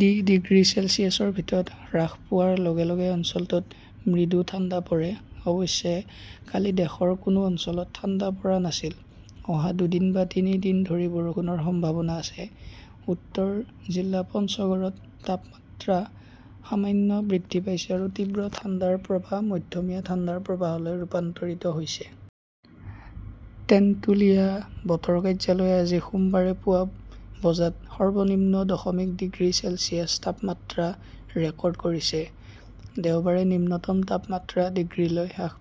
D. Degree চেলছিয়াছৰ ভিতৰত হ্ৰাস পোৱাৰ লগে লগে অঞ্চলটোত মৃদু ঠাণ্ডা পৰে। অৱশ্যে, কালি দেশৰ কোনো অঞ্চলত ঠাণ্ডা পৰা নাছিল। অহা দুদিন বা তিনি দিন ধৰি বৰষুণৰ সম্ভাৱনা আছে। উত্তৰ জিলা পঞ্চগৰত তাপমাত্ৰা সামান্য বৃদ্ধি পাইছে আৰু তীব্ৰ ঠাণ্ডাৰ প্ৰবাহ মধ্যমীয়া ঠাণ্ডাৰ প্ৰবাহলৈ ৰূপান্তৰিত হৈছে। টেন্টুলিয়া বতৰ কাৰ্যালয়ে আজি সোমবাৰে পুৱা বজাত সৰ্বনিম্ন দশমিক ডিগ্ৰী চেলছিয়াছ তাপমাত্ৰা ৰেকৰ্ড কৰিছে। দেওবাৰে নিম্নতম তাপমাত্ৰা ডিগ্ৰীলৈ হ্ৰাস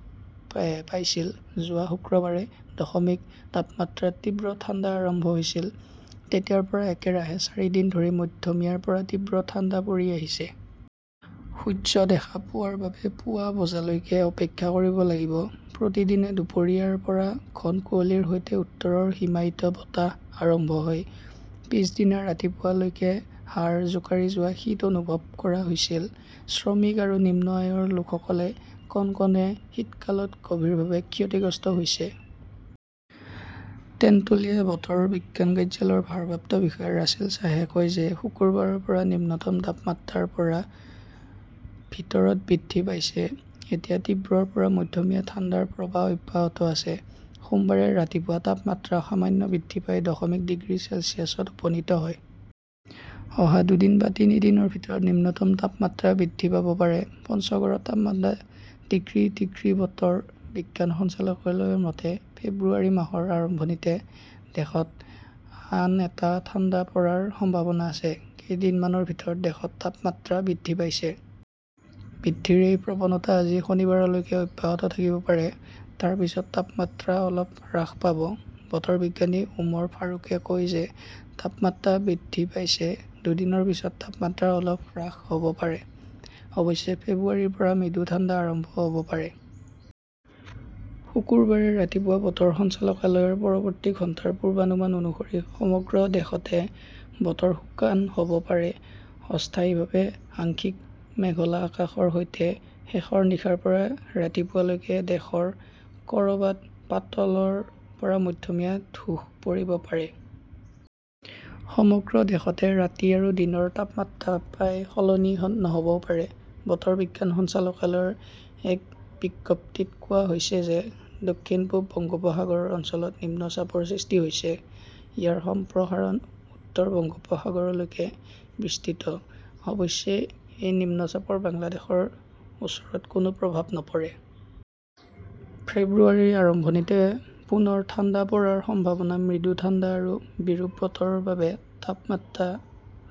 পাইছিল। যোৱা শুক্ৰবাৰে দশমিক তাপমাত্ৰাত তীব্ৰ ঠাণ্ডা আৰম্ভ হৈছিল। তেতিয়াৰ পৰা একেৰাহে চাৰিদিন ধৰি মধ্যমীয়াৰ পৰা তীব্ৰ ঠাণ্ডা পৰি আছে। সূৰ্য দেখা পোৱাৰ বাবে পুৱা বজালৈকে অপেক্ষা কৰিব লাগিব। প্ৰতিদিনে দুপৰীয়াৰ পৰা ঘন কুঁৱলীৰ সৈতে উত্তৰৰ হিমায়িত বতাহ আৰম্ভ হয়। পিছদিনা ৰাতিপুৱা লৈকে হাড় জোকাৰি যোৱা শীত অনুভৱ কৰা হৈছিল। শ্ৰমিক আৰু নিম্ন আয়ৰ লোকসকলে কনকনে শীতকালত গভীৰভাৱে ক্ষতিগ্ৰস্ত হৈছে। তেন্তুলিয়া বতৰ বিজ্ঞান কাৰ্যালয়ৰ ভাৰপ্ৰাপ্ত বিষয়া ৰাছেল শ্বাহে কয় যে শুকুৰবাৰৰ পৰা নিম্নতম তাপমাত্ৰা ৰ পৰা ৰ ভিতৰত বৃদ্ধি পাইছে। এতিয়া তীব্ৰ পৰা মধ্যমীয়া ঠাণ্ডাৰ প্ৰৱাহ অব্যাহত আছে। সোমবাৰে ৰাতিপুৱা তাপমাত্ৰা সামান্য বৃদ্ধি পাই দশমিক ডিগ্ৰী চেলছিয়াছত উপনীত হয়। অহা দুদিন বা তিনি দিনৰ ভিতৰত নিম্নতম তাপমাত্ৰা বৃদ্ধি পাব পাৰে। পঞ্চগড়ত তাপমাত্ৰা ডিগ্ৰী ডিগ্ৰী বতৰ বিজ্ঞান সঞ্চালকালয়ৰ মতে, ফেব্ৰুৱাৰী মাহৰ আৰম্ভণিতে দেশত আন এটা ঠাণ্ডা পৰাৰ সম্ভাৱনা আছে। কেইদিনমানৰ ভিতৰত দেশত তাপমাত্ৰা বৃদ্ধি পাইছে। বৃদ্ধিৰ এই প্ৰৱণতা আজি শনিবাৰলৈকে অব্যাহত থাকিব পাৰে। তাৰ পিছত তাপমাত্ৰা অলপ হ্ৰাস পাব। বতৰ বিজ্ঞানী ওমৰ ফাৰুকে কয় যে তাপমাত্ৰা বৃদ্ধি পাইছে। দুদিনৰ পিছত তাপমাত্ৰা অলপ হ্ৰাস হ "ব পাৰে। অৱশ্যে, ফেব্ৰুৱাৰীৰ পৰা মৃদু ঠাণ্ডা আৰম্ভ হ 'ব পাৰে। শুকুৰবাৰে ৰাতিপুৱা বতৰ সঞ্চালকালয়ৰ পৰৱৰ্তী ঘণ্টাৰ পূৰ্বানুমান অনুসৰি সমগ্ৰ দেশতে বতৰ শুকান হ 'ব পাৰে, অস্থায়ীভাৱে আংশিক মেঘলা আকাশৰ সৈতে। শেষৰ নিশাৰ পৰা ৰাতিপুৱা লৈকে দেশৰ ক "ৰবাত পাতলৰ পৰা মধ্যমীয়া ধূস পৰিব পাৰে। সমগ্ৰ দেশতে ৰাতি আৰু দিনৰ তাপমাত্ৰা প্ৰায় সলনি নহ "বও পাৰে। বতৰ বিজ্ঞান সঞ্চালকালয়ৰ এক বিজ্ঞপ্তিত কোৱা হৈছে যে দক্ষিণ-পূব বংগোপসাগৰ অঞ্চলত নিম্নচাপৰ সৃষ্টি হৈছে। ইয়াৰ সম্প্ৰসাৰণ উত্তৰ বংগোপসাগৰলৈকে বিস্তৃত। অৱশ্যে এই নিম্নচাপৰ বাংলাদেশৰ ওপৰত কোনো প্ৰভাৱ নপৰে। ফেব্ৰুৱাৰীৰ আৰম্ভণিতে পুনৰ ঠাণ্ডা পৰাৰ সম্ভাৱনা মৃদু ঠাণ্ডা আৰু বিৰূপ বতৰৰ বাবে তাপমাত্ৰা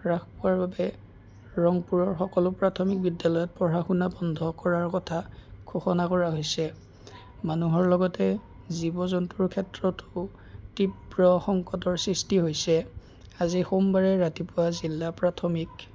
হ্ৰাস পোৱাৰ বাবে ৰংপুৰৰ সকলো প্ৰাথমিক বিদ্যালয়ত পঢ়া-শুনা বন্ধ কৰাৰ কথা ঘোষণা কৰা হৈছে। মানুহৰ লগতে জীৱ-জন্তুৰ ক্ষেত্ৰতো তীব্ৰ সংকটৰ সৃষ্টি হৈছে। আজি সোমবাৰে ৰাতিপুৱা জিলা প্ৰাথমিক